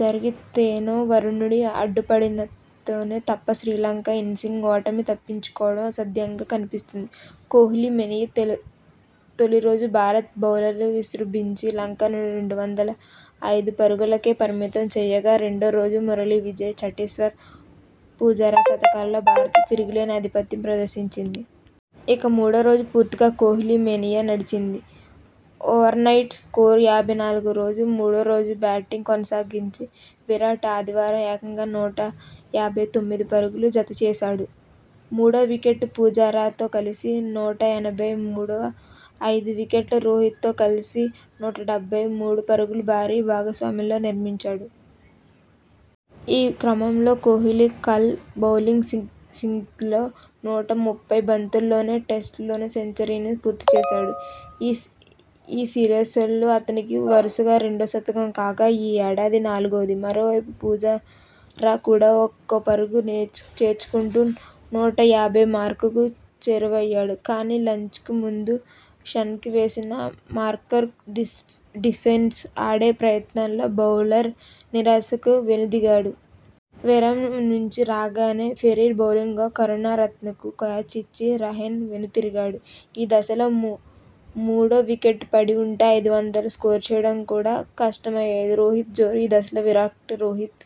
జరిగితేనో వరుణుడు అడ్డుపడితేనో తప్ప శ్రీలంక ఇన్నింగ్స్ ఓటమిని తప్పించుకోవడం అసాధ్యంగా కనిపిస్తోంది. కోహ్లీ మేనియా తొలిరోజు భారత బౌలర్లు విజృంభించి లంకను రెండు వందల ఐదు పరుగులకే పరిమితం చేయగా రెండోరోజు మురళీ విజయ్, చటేశ్వర్ పుజారా శతకాలతో భారత్ తిరుగులేని ఆధిపత్యం ప్రదర్శించింది. ఇక మూడోరోజు పూర్తిగా కోహ్లీ మేనియా నడిచింది. ఓవర్నైట్ స్కోరు యాభై నాలుగుతో మూడోరోజు బ్యాటింగ్ కొనసాగించిన విరాట్ ఆదివారం ఏకంగా నూట యాభై తొమ్మిది పరుగులు జతచేశాడు. మూడో వికెట్కు పుజారా తో కలిసి నూట ఎనభై మూడు, ఐదో వికెట్కు రోహిత్తో కలిసి నూట డెబ్బై మూడు పరుగుల భారీ భాగస్వామ్యాలు నిర్మించాడు. ఈ క్రమంలో కోహ్లీలక్మల్ బౌలింగ్లో సింగిల్తో నూట ముప్పై బంతుల్లోనే టెస్టుల్లో సెంచరీని పూర్తి చేసుకున్నాడు. ఈ సిరీస్లో అతనికిది వరుసగా రెండో శతకం కాగా ఈ ఏడాది నాలుగోది. మరోవైపు పుజారా కూడా ఒక్కో పరుగు చేర్చుకుంటూ నూట యాభై మార్కుకు చేరువయ్యాడు. కానీ లంచ్కు ముందు షనక వేసిన యార్కర్ను డిఫెన్స్ ఆడే ప్రయత్నంలో బౌల్డయి నిరాశగా వెనుదిరిగాడు. విరామం నుంచి రాగానే పెరీర బౌలింగ్లో కరుణ రత్నెకు క్యాచ్ ఇచ్చిన రహానె వెనుతిరిగాడు. ఈ దశలో మరో వికెట్ పడి ఉంటే ఐదు వందల స్కోరు చేయడం కూడా కష్టమయ్యేది. రోహిత్ జోరు ఈ దశలో విరాట్కు రోహిత్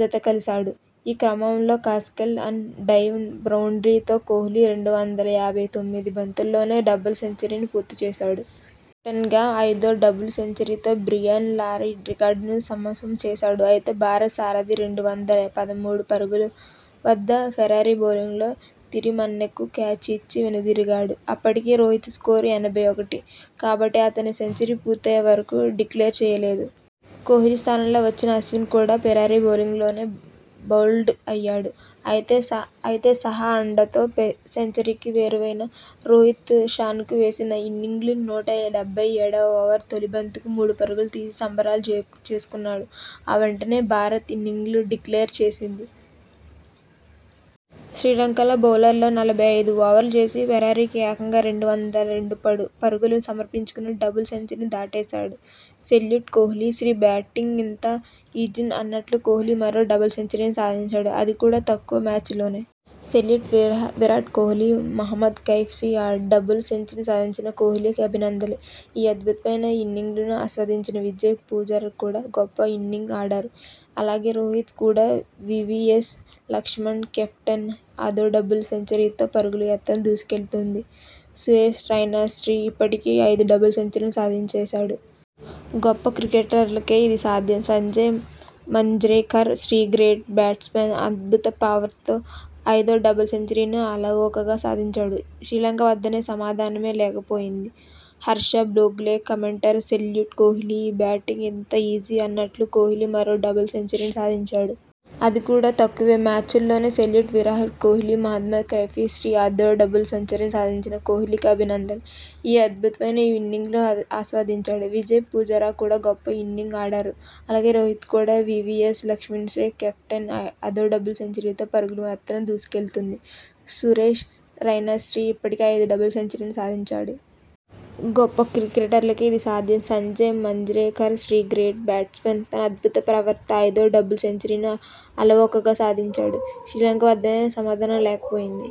జతకలిశాడు. ఈ క్రమంలోనే క్లాసికల్ ఆన్ డ్రైవ్ బౌండ్రీతో కోహ్లీ రెండు వందల యాభై తొమ్మిది బంతుల్లోనే డబుల్ సెంచరీ పూర్తి చేసుకున్నాడు. కెప్టెన్గా ఐదో డబుల్ సెంచరీతో బ్రియాన్ లారా రికార్డును సమం చేశాడు. అయితే భారత సారథి రెండు వందల పదమూడు పరుగుల వద్ద పెరీర బౌలింగ్లో తిరిమన్నెకు క్యాచ్ ఇచ్చి వెనుదిరిగాడు. అప్పటికి రోహిత్ స్కోరు ఎనభై ఒకటి. కాబట్టి అతని సెంచరీ పూర్తయ్యే వరకూ డిక్లేర్ చేయలేదు. కోహ్లీ స్థానంలో వచ్చిన అశ్విన్ కూడా పెరీర బౌలింగ్లోనే బౌల్డయ్యాడు. అయితే సాహా అండతో సెంచరీకి చేరువైన రోహిత్ షనక వేసిన ఇన్నింగ్స్ నూట డెబ్బై ఏడువ ఓవర్ తొలి బంతికి మూడు పరుగుల తీసి సంబరాలు చేసుకున్నాడు. ఆ వెంటనే భారత్ ఇన్నింగ్స్ను డిక్లేర్ చేసింది. శ్రీలంక బౌలర్లలో నలభై ఐదు ఓవర్లు వేసిన పెరీర ఏకంగా రెండు వందల రెండు పరుగులు సమర్పించుకొని డబుల్ సెంచరీ దాటేశాడు. సెల్యూట్ కోహ్లీ! శ్రీ 'బ్యాటింగ్ ఇంత ఈజీనా అన్నట్టు కోహ్లీ మరో డబుల్ సెంచరీ సాధించాడు. అది కూడా అతి తక్కువ మ్యాచ్ లోనే. సెల్యూట్ విరాట్ కోహ్లీ' మహ్మద్ కైఫ్ శ్రీ 'ఐదో డబుల్ సెంచరీ సాధించిన కోహ్లీకి అభినందనలు. ఈ అద్భుతమైన ఇన్నింగ్స్ను ఆస్వాదించాను. విజయ్, పుజారా కూడా గొప్ప ఇన్నింగ్స్ ఆడారు. అలాగే రోహిత్ కూడా ' వీవీఎస్ లక్ష్మణ్శ్రీ 'కెప్టెన్గా ఐదో డబుల్ సెంచరీతో పరుగుల యంత్రం దూసుకెళ్తోంది' సురేష్ రైనాశ్రీ 'ఇప్పటికే ఐదు డబుల్ సెంచరీలు సాధించేశాడు. గొప్ప క్రికెటర్లకే ఇది సాధ్యం' సంజయ్ మంజ్రేకర్ శ్రీ 'గ్రేట్ బ్యాట్స్మన్. తన అద్భుత పవర్తో ఐదో డబుల్ సెంచరీని అలవోకగా సాదించాడు. శ్రీలంక వద్ద సమాధానమే లేకపోయింది. '- Harsha Bhogle, commentator salute Kohli! Sri 'batting ఇంత ఈజీనా అన్నట్టు కోహ్లీ మరో డబుల్ సెంచరీ సాధించాడు. అది కూడా అతి తక్కువ మ్యాచ్ల్లోనే. సెల్యూట్ విరాట్ కోహ్లీ'- మహ్మద్ కైఫ్ శ్రీ 'ఐదో డబుల్ సెంచరీ సాధించిన కోహ్లీకి అభినందనలు. ఈ అద్భుతమైన ఇన్నింగ్స్ను ఆస్వాదించాను. విజయ్, పుజారా కూడా గొప్ప ఇన్నింగ్స్ ఆడారు. అలాగే రోహిత్ కూడా ' వీవీఎస్ లక్ష్మణ్శ్రీ 'కెప్టెన్గా ఐదో డబుల్ సెంచరీతో పరుగుల యంత్రం దూసుకెళ్తోంది' సురేష్ రైనాశ్రీ 'ఇప్పటికే ఐదు డబుల్ సెంచరీలు సాధించేశాడు. గొప్ప క్రికెటర్లకే ఇది సాధ్యం'- సంజయ్ మంజ్రేకర్ శ్రీ 'గ్రేట్ బ్యాట్స్మన్. తన అద్భుత పవర్తో ఐదో డబుల్ సెంచరీని అలవోకగా సాదించాడు. శ్రీలంక వద్ద సమాధానమే లేకపోయింది.